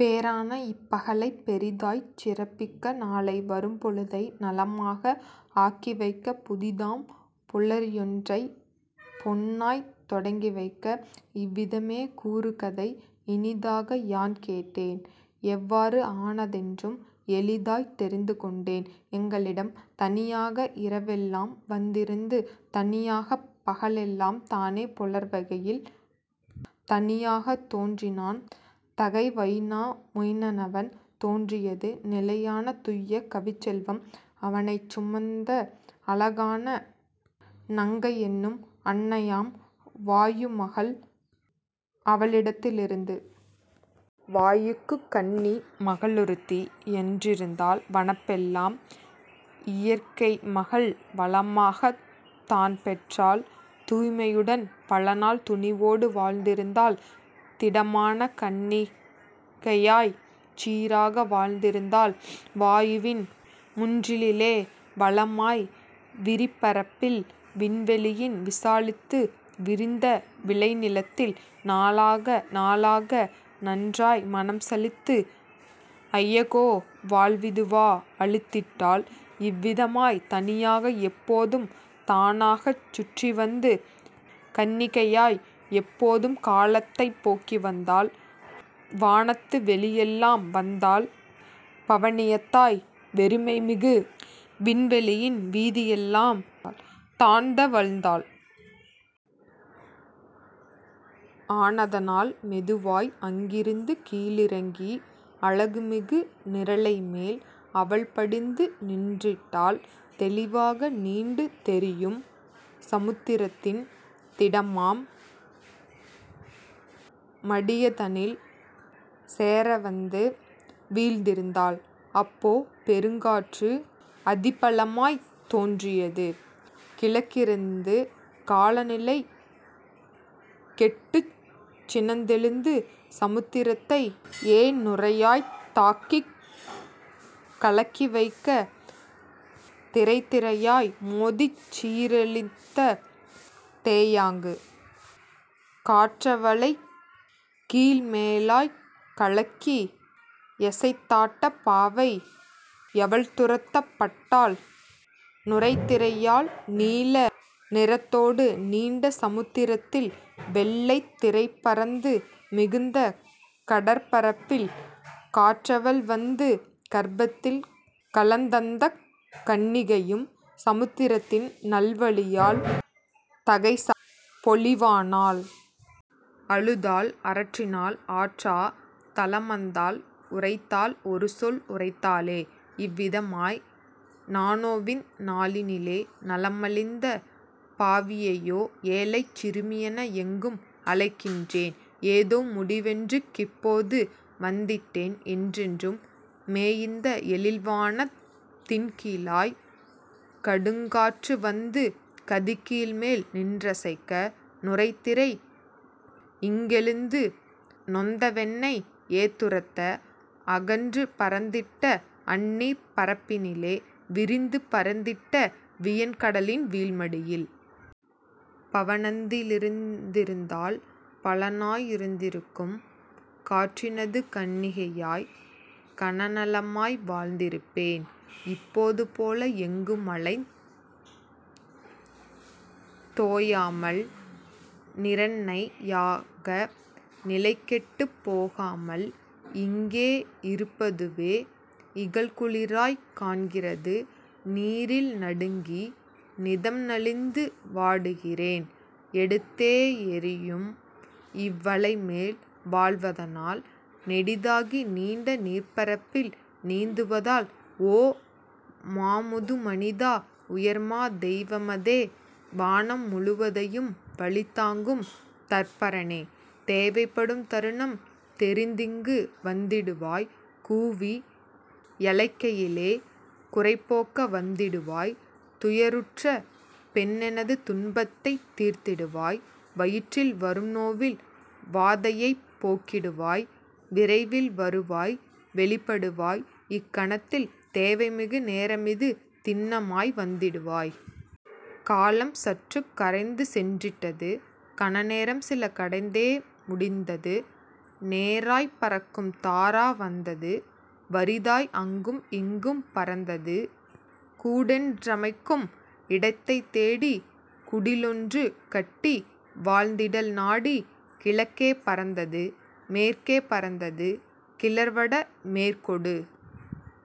பேரான இப்பகலைப் பெரிதாய்ச் சிறப்பிக்க நாளை வரும்பொழுதை நலமாக ஆக்கிவைக்க புதிதாம் புலரியொன்றைப் பொன்னாய்த் தொடங்கிவைக்க. இவ்விதமே கூறுகதை இனிதாக யான்கேட்டேன் எவ்வாறு ஆனதென்றும் எளிதாய்த் தெரிந்துகொண்டேன்: எங்களிடம் தனியாக இரவெல்லாம் வந்திருந்து தனியாகப் பகலெல்லாம் தானே புலர்வகையில். தனியாகத் தோன்றினான் தகைவைனாமொயினனவன் தோன்றியது நிலையான துய்ய கவிச்செல்வம் அவனைச் சுமந்த அழகான நங்கையென்னும் அன்னையாம் வாயுமகள் அவளிடத்திலிருந்து. வாயுக்குக் கன்னி மகளொருத்தி யன்றிருந்தாள் வனப்பெல்லாம் இயற்கைமகள் வளமாகத் தான்பெற்றாள் தூய்மையுடன் பலநாள் துணிவோடு வாழ்ந்திருந்தாள் திடமான கன்னிகையாய்க் சீராக வாழ்ந்திருந்தாள் வாயுவின் முன்றிலிலே வளமாய் விரிபரப்பில் விண்வெளியின் விசாலித்து விரிந்த விளைநிலத்தில். நாளாக நாளாக நன்றாய் மனம்சலித்து ஐயகோ வாழ்விதுவா அலுத்திட்டாள் இவ்விதமாய் தனியாக எப்போதும் தானாகச் சுற்றிவந்து கன்னிகையாய் எப்போதும் காலத்தைப் போக்கிவந்தாள் வானத்து வெளியெல்லாம் வந்தாள் பவனியதாய் வெறுமைமிகு விண்வெளியின் வீதியெல்லாம் தான்தவழ்ந்தாள். ஆனதனால் மெதுவாய் அங்கிருந்து கீழிறங்கி அழகுமிகு நீரலைமேல் அவள்படிந்து நின்றிட்டாள் தெளிவாக நீண்டு தெரியும் சமுத்திரத்தின் திடமாம் மடியதனில் சேரவந்து வீழ்ந்திருந்தாள். அப்போ பெருங்காற்று அதிபலமாய்த் தோன்றியது கிழக்கிருந்து காலநிலை கெட்டுச் சினந்தெழுந்து சமுத்திரத்தை யேநுரையாய்த் தாக்கிக் கலக்கிவைக்க திரைதிரையாய் மோதிச் சீரழித்த தேயாங்கு. காற்றவளைக் கீழ்மேலாய்க் கலக்கி யசைத்தாட்ட பாவை யவள்துரத்தப் பட்டாள் நுரைதிரையால் நீல நிறத்தோடு நீண்ட சமுத்திரத்தில் வெள்ளைத் திரைபரந்து மிகுந்த கடற்பரப்பில் காற்றவள் வந்து கர்ப்பத்தில் கலந்தந்தக் கன்னிகையும் சமுத்திரத்தின் நல்வலியால் தகைசால் பொலிவானாள். அழுதாள் அரற்றினாள் ஆற்றா தலமந்தாள் உரைத்தாள் ஒருசொல் உரைத்தாளே இவ்விதமாய்: நானோவிந் நாளினிலே நலமிழந்த பாவியையோ ஏழைச் சிறுமியென எங்கும் அலைகின்றேன் ஏதோ முடிவொன்றுக் கிப்போது வந்திட்டேன் என்றென்று மேயிந்த எழில்வானத் தின்கீழாய் கடுங்காற்று வந்து கதிகீழ்மேல் நின்றசைக்க நுரைதிரை யிங்கெழுந்து நொந்தவென்னை யேதுரத்த அகன்று பரந்திட்ட அந்நீர்ப் பரப்பினிலே விரிந்து பரந்திட்ட வியன்கடலின் வீழ்மடியில். பவனத்தி லிருந்திருந்தால் பலனாயிருந்திருக்கும் காற்றினது கன்னிகையாய் கனநலமாய் வாழ்ந்திருப்பேன் இப்போது போல எங்குமலைந் தோயாமல் நீரன்னை யாக நிலைகெட்டுப் போகாமல்: இங்கே யிருப்பதுவோ இகல்குளிராய்க் காண்கிறது நீரில் நடுங்கி நிதம்நலிந்து வாடுகிறேன் எடுத்தே யெறியும் இவ்வலைமேல் வாழ்வதனால் நெடிதாகி நீண்ட நீர்ப்பரப்பில் நீந்துவதால். ஓ மாமுதுமனிதா உயர்மா தெய்வமதே வானம் முழுவதையும் வலிதாங்கும் தற்பரனே தேவைப்படும்தருணம் தெரிந்திங்கு வந்திடுவாய் கூவி யழைக்கையிலே குறைபோக்க வந்திடுவாய் துயருற்ற பெண்ணெனது துன்பத்தைத் தீர்த்திடுவாய் வயிற்றில் வரும்நோவின் வாதையைப் போக்கிடுவாய் விரைவில் வருவாய் வெளிப்படுவாய் இக்கணத்தில் தேவைமிகு நேரமிது திண்ணமாய் வந்திடுவாய். காலம் சற்றுக் கரைந்துசென்றிட்டது கணநேரம்சில கடந்தே முடிந்தது நேராய்ப் பறக்கும் தாரா வந்தது வறிதாய் அங்கும் இங்கும் பறந்தது கூடொன்றமைக்கும் இடத்தைத் தேடி குடிலொன்று கட்டி வாழ்ந்திடல் நாடி. கிழக்கே பறந்தது மேற்கே பறந்தது கிளர்வட மேற்கொடு